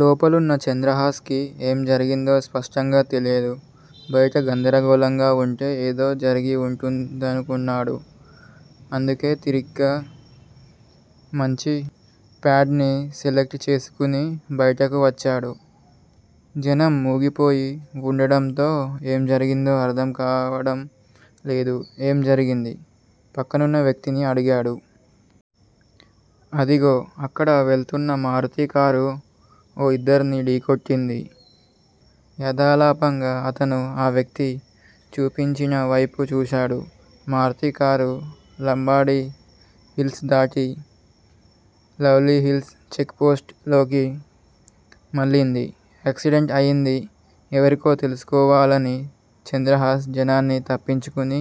లోపలున్న చంద్రహాస్ కి ఏం జరిగిందో స్పష్టంగా తెలియదు. బయట గందరగోళంగా వుంటే ఏదో జరిగి వుంటుందనుకున్నాడు. అందుకే తీరిగ్గా మంచి ప్యాడ్ ని సెలెక్ట్ చేసుకుని బయటకు వచ్చాడు. జనం మూగిపోయి వుండడంతో ఏం జరిగిందో అర్థం కావడంలేదు. ఏం జరిగింది? పక్కనున్న వ్యక్తిని అడిగాడు. అదిగో- అక్కడ వెళుతున్న మారుతీకారు ఓ ఇద్దర్ని ఢీకొట్టింది యథాలాపంగా అతను ఆ వ్యక్తి చూపించినవైపు చూశాడు. మారుతీకారు లంబాడీ హిల్స్ దాటి లవ్లీ హిల్స్ చెక్ పోస్ట్ లోకి మళ్ళింది. యాక్సిడెంట్ అయింది ఎవరికో తెలుసుకోవాలని చంద్రహాస్ జనాన్ని తప్పించుకుని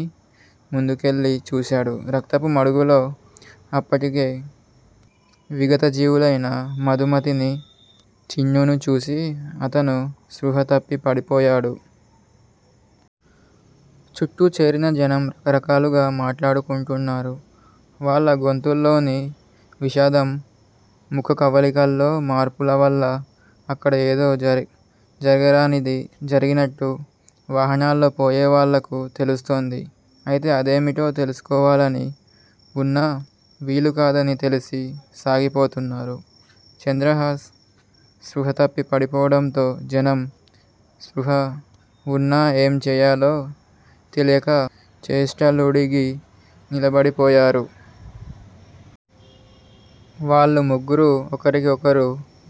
ముందుకెళ్ళి చూశాడు. రక్తపు మడుగులో అప్పటికే విగతజీవులయిన మధుమతిని, చిన్నూని చూసి అతను స్పృహ తప్పి పడిపోయాడు. చుట్టూ చేరిన జనం రకరకాలుగా మాట్లాడుకుంటున్నారు. వాళ్ళ గొంతుల్లోని విషాదం, ముఖకవళికల్లో మార్పులవల్ల అక్కడ ఏదో జరగరానిది జరిగినట్టు వాహనాల్లో పోయేవాళ్ళకు తెలుస్తోంది. అయితే అదేమిటో తెలుసుకోవాలని వున్నా వీలుకాదని తెలిసి సాగిపోతున్నారు. చంద్రహాస్ స్పృహ తప్పి పడిపోవడంతో జనం స్పృహ వున్నా ఏం చేయాలో తెలియక చేష్టలుడిగి నిలబడిపోయారు. వాళ్ళు ముగ్గురూ ఒకరికి ఒకరు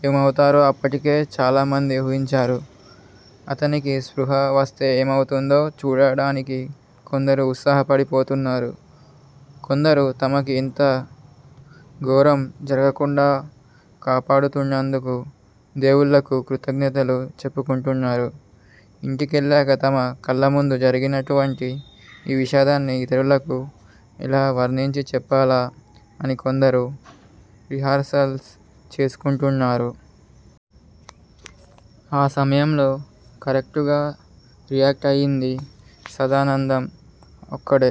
ఏమవుతారో అప్పటికే చాలామంది ఊహించారు. అతనికి స్పృహ వస్తే ఏమవుతుందో చూడడానికి కొందరు ఉత్సాహపడిపోతున్నారు. కొందరు తమకి ఇంత ఘోరం జరగకుండా కాపాడుతున్నందుకు దేవుళ్ళకు కృతజ్ఞతలు చెప్పుకుంటున్నారు. ఇంటికెళ్ళాక తమ కళ్ళముందు జరిగినటువంటి ఈ విషాదాన్ని ఇతరులకు ఎలా వర్ణించి చెప్పాలా అని ఇంకొందరు రిహార్సల్స్ చేసుకుంటున్నారు. ఆ సమయంలో కరెక్టుగా రియాక్ట్ అయ్యింది సదానందం ఒక్కడే.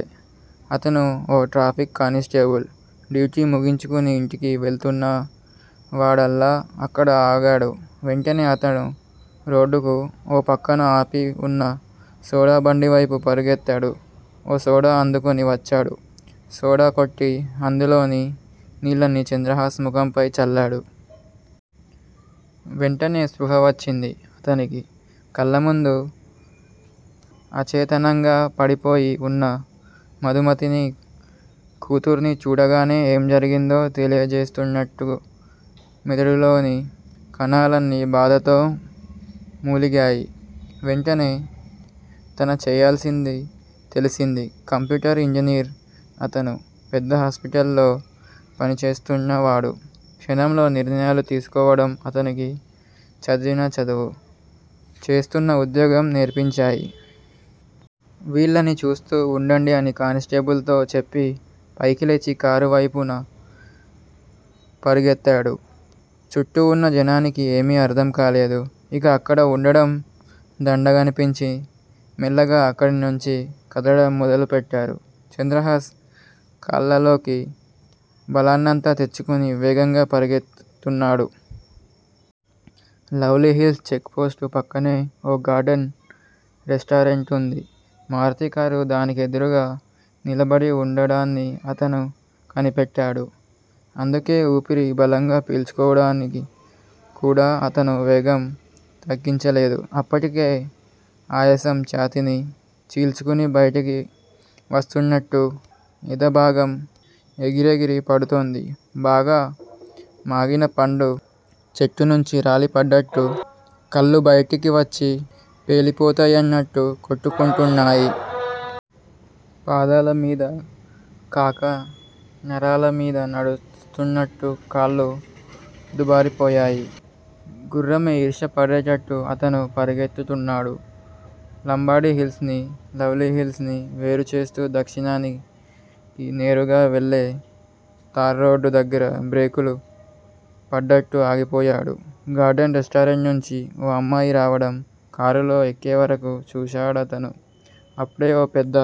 అతను ఓ ట్రాఫిక్ కానిస్టేబుల్. డ్యూటీ ముగించుకుని ఇంటికి వెళుతున్నవాడల్లా అక్కడ ఆగాడు. వెంటనే అతను రోడ్డుకు ఓ పక్కన ఆపి వున్న సోడా బండివైపు పరుగెత్తాడు. ఓ సోడా అందుకుని వచ్చాడు. సోడా కొట్టి, అందులోని నీళ్ళని చంద్రహాస్ ముఖంపై చల్లాడు. వెంటనే స్పృహ వచ్చింది అతనికి. కళ్ళముందు అచేతనంగా పడిపోయి వున్న మధుమతినీ, కూతుర్నీ చూడగానే ఏం జరిగిందో తెలియజేస్తున్నట్టు మెదడులోని కణాలన్నీ బాధతో మూలిగాయి. వెంటనే తన చేయాల్సింది తెలిసింది. కంప్యూటర్ ఇంజనీర్ అతను. పెద్ద హాస్పిటల్ లో పనిచేస్తున్నవాడు. క్షణంలో నిర్ణయాలు తీసుకోవడం అతనికి చదివిన చదువు, చేస్తున్న ఉద్యోగం నేర్పించాయి. వీళ్ళని చూస్తూ వుండండి అని కానిస్టేబుల్ తో చెప్పి, పైకి లేచి కారు వెళ్ళిన వైపు పరుగెత్తాడు. చుట్టూ వున్న జనానికి ఏమీ అర్థం కాలేదు. ఇక అక్కడ వుండడం దండగనిపించి మెల్లగా అక్కడినుంచి కదలడం మొదలుపెట్టారు. చంద్రహాస్ కాళ్ళల్లోకి బలాన్నంతా తెచ్చుకుని వేగంగా పరిగెడుతున్నాడు. లవ్లీ హిల్స్ చెక్ పోస్టు పక్కనే ఓ గార్డెన్ రెస్టారెంటుంది. మారుతీ కారు దానికెదురుగ్గా నిలబడి వుండడాన్ని అతను కనిపెట్టాడు. అందుకే ఊపిరి బలంగా పీల్చుకోవడాని క్కూడా అతను వేగం తగ్గించలేదు. అప్పటికే ఆయాసం ఛాతీని చీల్చుకుని బయటికి వస్తున్నట్టు ఎదభాగం ఎగిరెగిరి పడుతోంది. బాగా మాగిన పండు చెట్టునుంచి రాలిపడ్డట్టు కళ్ళు బయటికి వచ్చి పేలిపోతాయన్నట్టు కొట్టుకుంటున్నాయి. పాదాలమీద కాక నరాలమీద నడుస్తున్నట్టు కాళ్ళు మొద్దుబారిపోయాయి. గుర్రమే ఈర్ష్య పడేటట్టు అతను పరిగెడుతున్నాడు. లంబాడీ హిల్స్ ని, లవ్లీ హిల్స్ ని వేరుచేస్తూ దక్షిణానికి నేరుగా వెళ్ళే తార్రోడు దగ్గర బ్రేకులు పడ్డట్టు ఆగిపోయాడు, గార్డెన్ రెస్టారెంట్ నుంచి ఓ అమ్మాయి రావడం, కారులో ఎక్కేవరకు చూశాడతను. అప్పుడే ఓ పెద్ద